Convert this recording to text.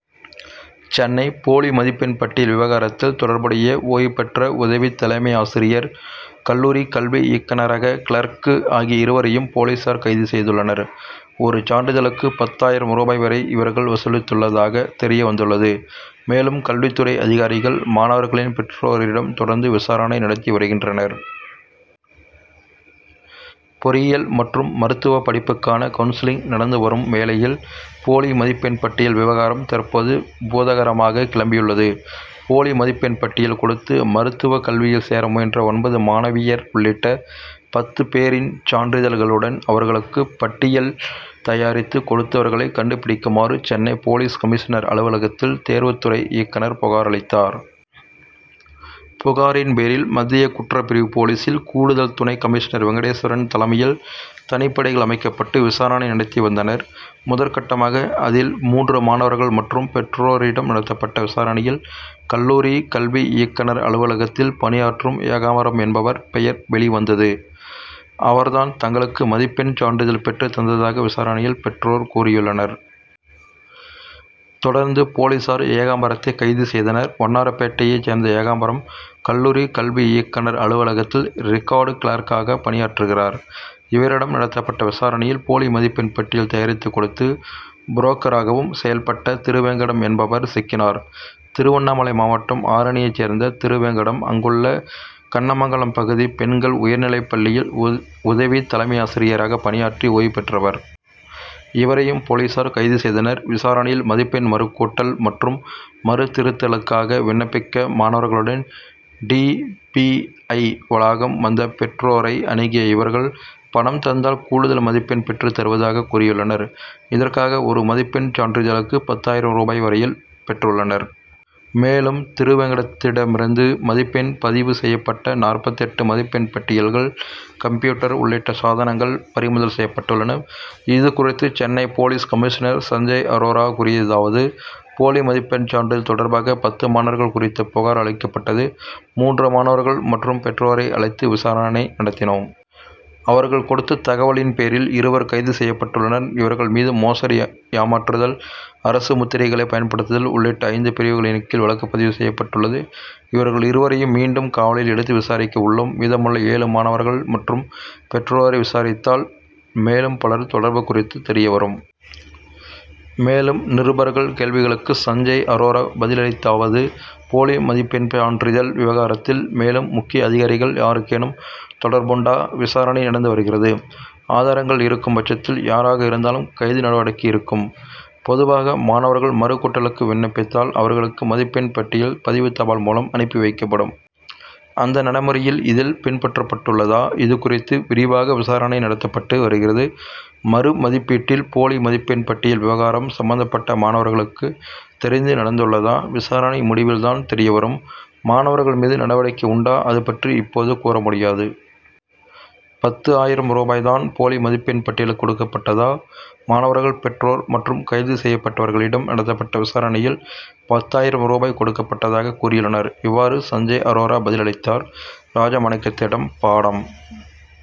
சென்னை போலி மதிப்பெண் பட்டியல் விவகாரத்தில் தொடர்புடைய ஓய்வு பெற்ற உதவி தலைமையாசிரியர், கல்லூரி கல்வி இயக்குனரக கிளார்க் ஆகிய இருவரையும் போலீசார் கைது செய்துள்ளனர். ஒரு சான்றிதழுக்கு பத்து ஆயிரம் ரூபாய் வரை இவர்கள் வசூலித்துள்ளதாகத் தெரிய வந்துள்ளது. மேலும், கல்வித்துறை அதிகாரிகள், மாணவர்களின் பெற்றோரிடம் தொடர்ந்து விசாரணை நடத்தி வருகின்றனர். பொறியியல் மற்றும் மருத்துவப் படிப்புக்கான கவுன்சிலிங் நடந்து வரும் வேளையில், போலி மதிப்பெண் பட்டியல் விவகாரம் தற்போது பூதாகரமாக கிளம்பியுள்ளது. போலி மதிப்பெண் பட்டியல் கொடுத்து, மருத்துவக் கல்வியில் சேர முயன்ற ஒன்பது மாணவியர் உள்ளிட்ட பத்து பேரின் சான்றிதழ்களுடன், அவர்களுக்கு பட்டியல் தயாரித்து கொடுத்தவர்களை கண்டுபிடிக்குமாறு, சென்னை போலீஸ் கமிஷனர் அலுவலகத்தில் தேர்வுத்துறை இயக்குனர் புகார் அளித்தார். புகாரின் பேரில், மத்திய குற்றப்பிரிவு போலீசில் கூடுதல் துணை கமிஷனர் வெங்கடேஸ்வரன் தலைமையில் தனிப்படைகள் அமைக்கப்பட்டு, விசாரணை நடத்தி வந்தனர். முதற்கட்டமாக அதில் மூன்று மாணவர்கள் மற்றும் பெற்றோரிடம் நடத்தப்பட்ட விசாரணையில், கல்லூரி கல்வி இயக்குனர் அலுவலகத்தில் பணியாற்றும் ஏகாம்பரம் என்பவர் பெயர் வெளிவந்தது. அவர் தான் தங்களுக்கு மதிப்பெண் சான்றிதழ் பெற்றுத் தந்ததாக விசாரணையில் பெற்றோர் கூறியுள்ளனர். தொடர்ந்து, போலீசார் ஏகாம்பரத்தை கைது செய்தனர். வண்ணாரப்பேட்டையை சேர்ந்த ஏகாம்பரம் கல்லூரி கல்வி இயக்குனர் அலுவலகத்தில், ரிக்கார்டு கிளார்க்காக பணியாற்றுகிறார். இவரிடம் நடத்தப்பட்ட விசாரணையில், போலி மதிப்பெண் பட்டியல் தயாரித்து கொடுத்து, புரோக்கராகவும் செயல்பட்ட திருவேங்கடம் என்பவர் சிக்கினார். திருவண்ணாமலை மாவட்டம், ஆரணியை சேர்ந்த திருவேங்கடம், அங்குள்ள கண்ணமங்கலம் பகுதி பெண்கள் உயர்நிலைப் பள்ளியில் உதவி தலைமையாசிரியராக பணியாற்றி ஓய்வு பெற்றவர். இவரையும், போலீசார் கைது செய்தனர். விசாரணையில், மதிப்பெண் மறுகூட்டல் மற்றும் மறு திருத்தலுக்காக விண்ணப்பிக்க மாணவர்களுடன் டி. பி. ஐ., வளாகம் வந்த பெற்றோரை அணுகிய இவர்கள், பணம் தந்தால் கூடுதல் மதிப்பெண் பெற்றுத் தருவதாக கூறியுள்ளனர். இதற்காக ஒரு மதிப்பெண் சான்றிதழுக்கு பத்து ஆயிரம் ரூபாய் வரையில் பெற்றுள்ளனர். மேலும், திருவேங்கடத்திடமிருந்து மதிப்பெண் பதிவு செய்யப்பட்ட நாற்பத்தெட்டு மதிப்பெண் பட்டியல்கள், கம்ப்யூட்டர் உள்ளிட்ட சாதனங்கள் பறிமுதல் செய்யப்பட்டுள்ளன. இதுகுறித்து சென்னை போலீஸ் கமிஷனர் சஞ்சய் அரோரா கூறியதாவது: போலி மதிப்பெண் சான்றிதழ் தொடர்பாக, பத்து மாணவர்கள் குறித்த புகார் அளிக்கப்பட்டது. மூன்று மாணவர்கள் மற்றும் பெற்றோரை அழைத்து விசாரணை நடத்தினோம். அவர்கள் கொடுத்த தகவலின் பேரில் இருவர் கைது செய்யப்பட்டுள்ளனர். இவர்கள் மீது மோசடி, ஏமாற்றுதல், அரசு முத்திரைகளை பயன்படுத்துதல் உள்ளிட்ட ஐந்து பிரிவுகளின் கீழ் வழக்குப் பதிவு செய்யப்பட்டுள்ளது. இவர்கள் இருவரையும் மீண்டும் காவலில் எடுத்து விசாரிக்க உள்ளோம். மீதமுள்ள ஏழு மாணவர்கள் மற்றும் பெற்றோரை விசாரித்தால் மேலும் பலர் தொடர்பு குறித்து தெரியவரும். மேலும், நிருபர்கள் கேள்விகளுக்கு சஞ்சய் அரோரா பதிலளித்ததாவது: போலி மதிப்பெண் சான்றிதல் விவகாரத்தில் மேலும் முக்கிய அதிகாரிகள் யாருக்கேனும் தொடர்புண்டா? விசாரணை நடந்து வருகிறது. ஆதாரங்கள் இருக்கும் பட்சத்தில் யாராக இருந்தாலும் கைது நடவடிக்கை இருக்கும். பொதுவாக மாணவர்கள் மறு கூட்டலுக்கு விண்ணப்பித்தால் அவர்களுக்கு மதிப்பெண் பட்டியல் பதிவுத் தபால் மூலம் அனுப்பி வைக்கப்படும். அந்த நடைமுறை இதில் பின்பற்றப்பட்டுள்ளதா? இதுகுறித்து விரிவாக விசாரணை நடத்தப்பட்டு வருகிறது. மறு மதிப்பீட்டில் போலி மதிப்பெண் பட்டியல் விவகாரம் சம்பந்தப்பட்ட மாணவர்களுக்கு தெரிந்து நடந்துள்ளதா? விசாரணை முடிவில் தான் தெரிய வரும். மாணவர்கள் மீது நடவடிக்கை உண்டா? அது பற்றி இப்போது கூற முடியாது. பத்து ஆயிரம் ரூபாய் தான் போலி மதிப்பெண் பட்டியலுக்கு கொடுக்கப்பட்டதா? மாணவர்கள், பெற்றோர் மற்றும் கைது செய்யப்பட்டவர்களிடம் நடத்தப்பட்ட விசாரணையில், பத்து ஆயிரம் ரூபாய் கொடுக்கப்பட்டதாக கூறியுள்ளனர். இவ்வாறு சஞ்சய் அரோரா பதிலளித்தார். ராஜமாணிக்கத்திடம் பாடம்